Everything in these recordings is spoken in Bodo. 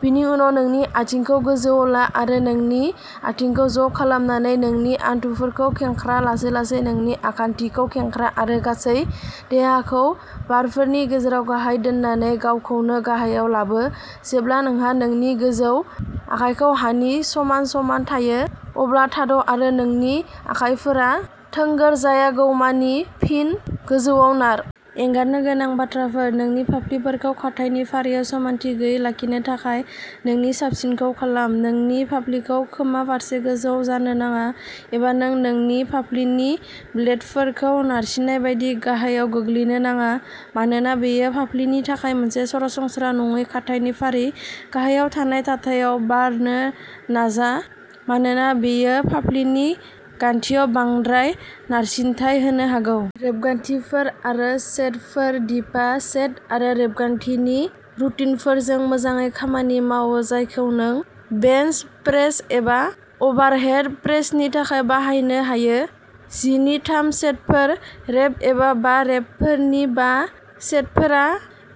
बिनि उनाव, नोंनि आथिंखौ गोजौआव ला आरो नोंनि आथिंखौ ज' खालामनानै नोंनि हान्थुफोरखौ खेंख्रा लासै-लासै नोंनि आखान्थिखौ खेंख्रा आरो गासै देहाखौ बारफोरनि गेजेराव गाहायाव दोननानै गावखौनो गाहायाव लाबो। जेब्ला नोंहा नोंनि गोजौ आखाइखौ हानि समान समान थायो, अब्ला थाद' आरो नोंनि आखाइफोरा थोंगोर जायागौ मानि फिन गोजौआव नार। एंगारनो गोनां बाथ्राफोर नोंनि फाफ्लिफोरखौ खारथायनि फारियाव समानथि गैयै लाखिनो थाखाय नोंनि साबसिनखौ खालाम। नोंनि फाफ्लिखौ खोमा फारसे गोजौ जानो नाङा, एबा नों नोंनि फाफ्लिनि ब्लेडफोरखौ नारसिन्नाय बायदि गाहायाव गोग्लैनो नाङा। मानोना बेयो फाफ्लिनि थाखाय मोनसे सरासनस्रा नङै खारथायनि फारि, गाहायाव थानाय थाथायाव बारनो नाजा मानोना बेयो फाफ्लिनि गान्थिआव बांद्राय नारसिनथाय होनो हागौ। रेबगान्थिफोर आरो सेटफोर दिपआ सेट आरो रेबगान्थिनि रुटिनफोरजों मोजाङै खामानि मावो जायखौ नों बेन्च प्रेस एबा अभारहेड प्रेसनि थाखाय बाहायनो हायो। जि नि थाम सेटफोर। रेप एबा बा रेपफोरनि बा सेटफोरा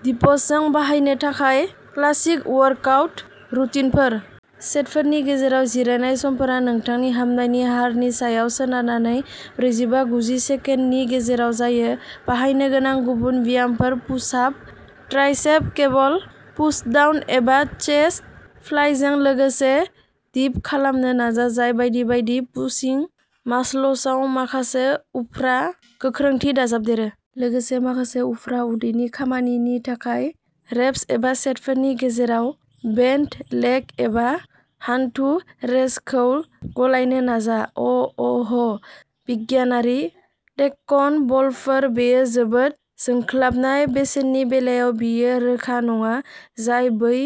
डिप्सजों बाहायनो थाखाय क्लासिक वर्कआउट रुटिनफोर। सेटफोरनि गेजेराव जिरायनाय समफोरा नोंथांनि हामनायनि हारनि सायाव सोनारनानै ब्रैजिबा-गुजि सेकेन्डनि गेजेराव जायो। बाहायनो गोनां गुबुन ब्यामफोर push ups, triceps cable pushdown एबा चेस्ट फ्लाइजों लोगोसे डिप्स खालामनो नाजा, जाय बायदि बायदि पुशिं मासल्सआव माखासे उफ्रा गोख्रोंथि दाजाबदेरो। लोगोसे माखासे उफ्रा उदैनि खामानिनि थाखाय रेप्स एबा सेटफोरनि गेजेराव बेन्ट लेग एबा हानथु रेज्सखौ गलायनो नाजा। अ'अ'ह बिगियानारि टेक्न'बलफोर बेयो जोबोद जोंख्लाबनाय बेसनि बेलायाव बेयो रोखा नङा, जाय बै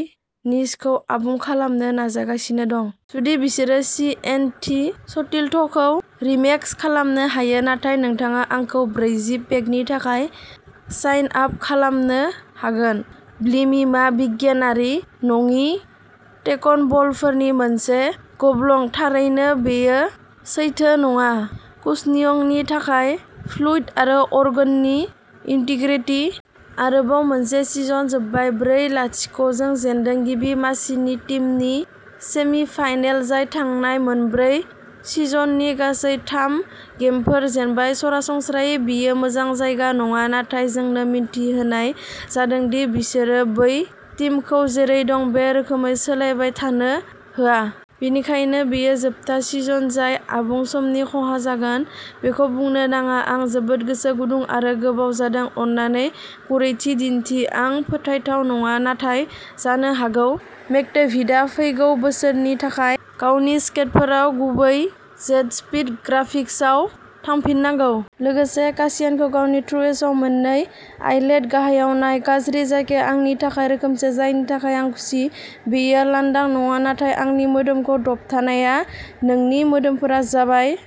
निशखौ आबुं खालामनो नाजागासिनो दं। जुदि बिसोरो सि एन थि स्टील्थखौ रिमेक खालामनो हायो, नाथाय नोंथाङा आंखौ ब्रैजि पेकनि थाखाय साइन आप खालामनो हागोन। ब्लिमि, मा बिगियानारि नङि टेक्न'बलफोरनि मोनसे गब्लं। थारैनो, बेयो सैथो नङा कुशनिंनि थाखाय फ्लुइड आरो अर्गेननि इन्टिग्रिटि। आरोबाव मोनसे सिजन जोबबाय। ब्रै-लाथिक' जों जेनदों। गिबि मासिनि टीमनि सेमि-फाइनाल, जाय थांनाय मोनब्रै सिजननि गासै थाम गेमफोर जेनबाय। सरासनस्रायै बेयो मोजां जायगा नङा, नाथाय जोंनो मिथि होनाय जादों दि बिसोरो बै टीमखौ जेरै दं बे रोखोमै सोलिबाय थानो होआ। बेनिखायनो बेयो जोबथा सिजन जाय आबुं समनि खहा जागोन। बेखौ बुंनो नाङा। आं जोबोद गोसो गुदुं आरो गोबाव जादों अन्नानै गुरैथि दिन्थि आं फोथायथाव नङा, नाथाय जानो हागौ मेकडेभिडआ फैगौ बोसोरनि थाखाय गावनि स्केटफोराव गुबै जेटस्पीड ग्राफिक्सआव थांफिननांगौ। लोगोसे, कासियानखौ गावनि थ्रुएसआव मोननै आइलेट गाहायाव नाय गाज्रि जायगाया आंनि थाखाय रोखोमसे, जायनि थाखाय आं खुसि। बेयो लांदां नङा नाथाय नोंनि मोदोमखौ दबथायनाय। नोंनि मोदोमफोरा जाबाय